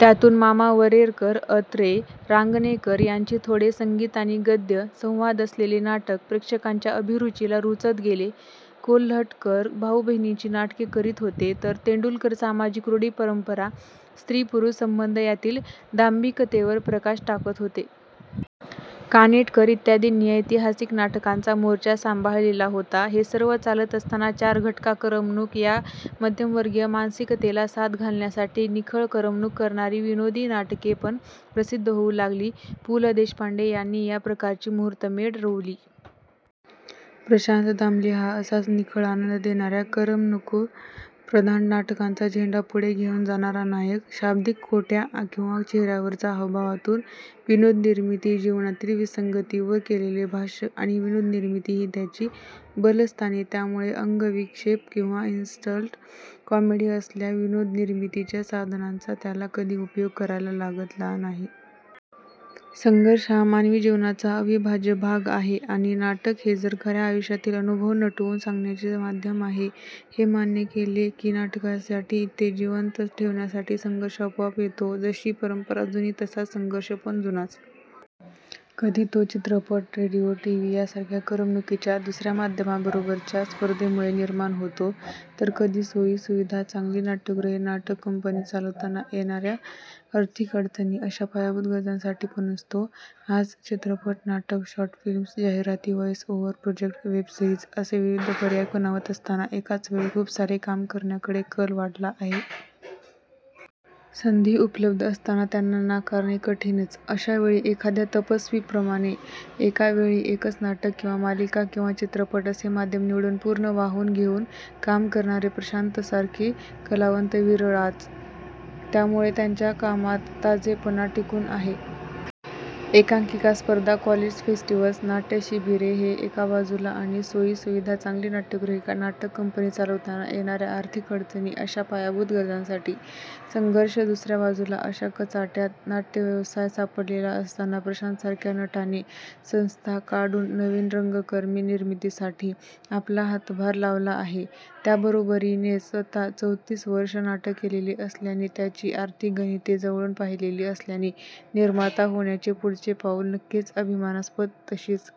त्यातून मामा वरेरकर, अत्रे, रांगणेकर यांची थोडे संगीत आणि गद्य, संवाद असलेले नाटक प्रेक्षकांच्या अभिरुचीला रुचत गेले. कोल्हटकर भाऊ-बहिणीची नाटके करीत होते तर तेंडुलकर सामाजिक रूढी परंपरा, स्त्री पुरुष संबंध यातील दांभिकतेवर प्रकाश टाकत होते. कानेटकर इत्यादींनी ऐतिहासिक नाटकांचा मोर्चा सांभाळलेला होता. हे सर्व चालत असताना चार घटका करमणूक या मध्यमवर्गीय मानसिकतेला साद घालण्यासाठी निखळ करमणूक करणारी, विनोदी नाटकेपण प्रसिद्ध होऊ लागली. पु ल देशपांडे यांनी या प्रकारची मुहूर्तमेढ रोवली. प्रशांत दामले हा असाच निखळ आनंद देणाऱ्या करमणूकप्रधान नाटकांचा झेंडा पुढे घेऊन जाणारा नायक. शाब्दिक कोट्या किंवा चेहऱ्यावरच्या हावभावातून विनोदनिर्मिती, जीवनातील विसंगतीवर केलेले भाष्य आणि विनोदनिर्मिती ही त्याची बलस्थाने, त्यामुळे अंगविक्षेप किंवा इन्सल्ट कॉमेडी असल्या विनोदनिर्मितीच्या साधनांचा त्याला कधी उपयोग करायला लागला नाही. संघर्ष हा मानवी जीवनाचा अविभाज्य भाग आहे आणि नाटक हे जर खऱ्या आयुष्यातील अनुभव नटवून सांगण्याचे माध्यम आहे हे मान्य केले की नाटकासाठी, ते जिवंत ठेवण्यासाठी संघर्ष आपोआप येतो. जशी परंपरा जुनी तसाच संघर्षपण जुनाच. कधी तो चित्रपट, रेडिओ, टीव्ही यासारख्या करमणुकीच्या दुसऱ्या माध्यमांबरोबरच्या स्पर्धेमुळे निर्माण होतो, तर कधी सोयी, सुविधा, चांगली नाट्यगृहे, नाटक कंपनी चालवताना येणाऱ्या आर्थिक अडचणी अशा पायाभूत गरजांसाठीपण असतो. आज चित्रपट, नाटक, शॉर्ट फिल्म्स, जाहिराती, voice over project, web series असे विविध पर्याय खुणावत असताना एकाच वेळी खूप सारे काम करण्याकडे कल वाढला आहे. संधी उपलब्ध असताना त्यांना नाकारणे कठीणच, अशावेळी एखाद्या तपस्वीप्रमाणे एका वेळी एकच नाटक किंवा मालिका किंवा चित्रपट असे माध्यम निवडून पूर्ण वाहून घेऊन काम करणारे प्रशांतसारखे कलावंत विरळाच. त्यामुळे त्याच्या कामात ताजेपणा टिकून आहे. एकांकिका स्पर्धा, कॉलेज फेस्टिवल्स, नाट्य शिबिरे हे एका बाजूला आणि सोयी, सुविधा, चांगली नाट्यगृहे, नाटक कंपनी चालवताना येणाऱ्या आर्थिक अडचणी अशा पायाभूत गरजांसाठी संघर्ष दुसऱ्या बाजूला अशा कचाट्यात नाट्यव्यवसाय सापडलेला असताना प्रशांतसारख्या नटाने संस्था काढून नवीन रंगकर्मी निर्मितीसाठी आपला हातभार लावला आहे, त्याबरोबरीनेच स्वतः चौतीस वर्षे नाटक केलेले असल्याने त्याची आर्थिक गणिते जवळून पाहिलेली असल्याने निर्माता होण्याचे पुढचे पाऊल नक्कीच अभिमानास्पद. तशीच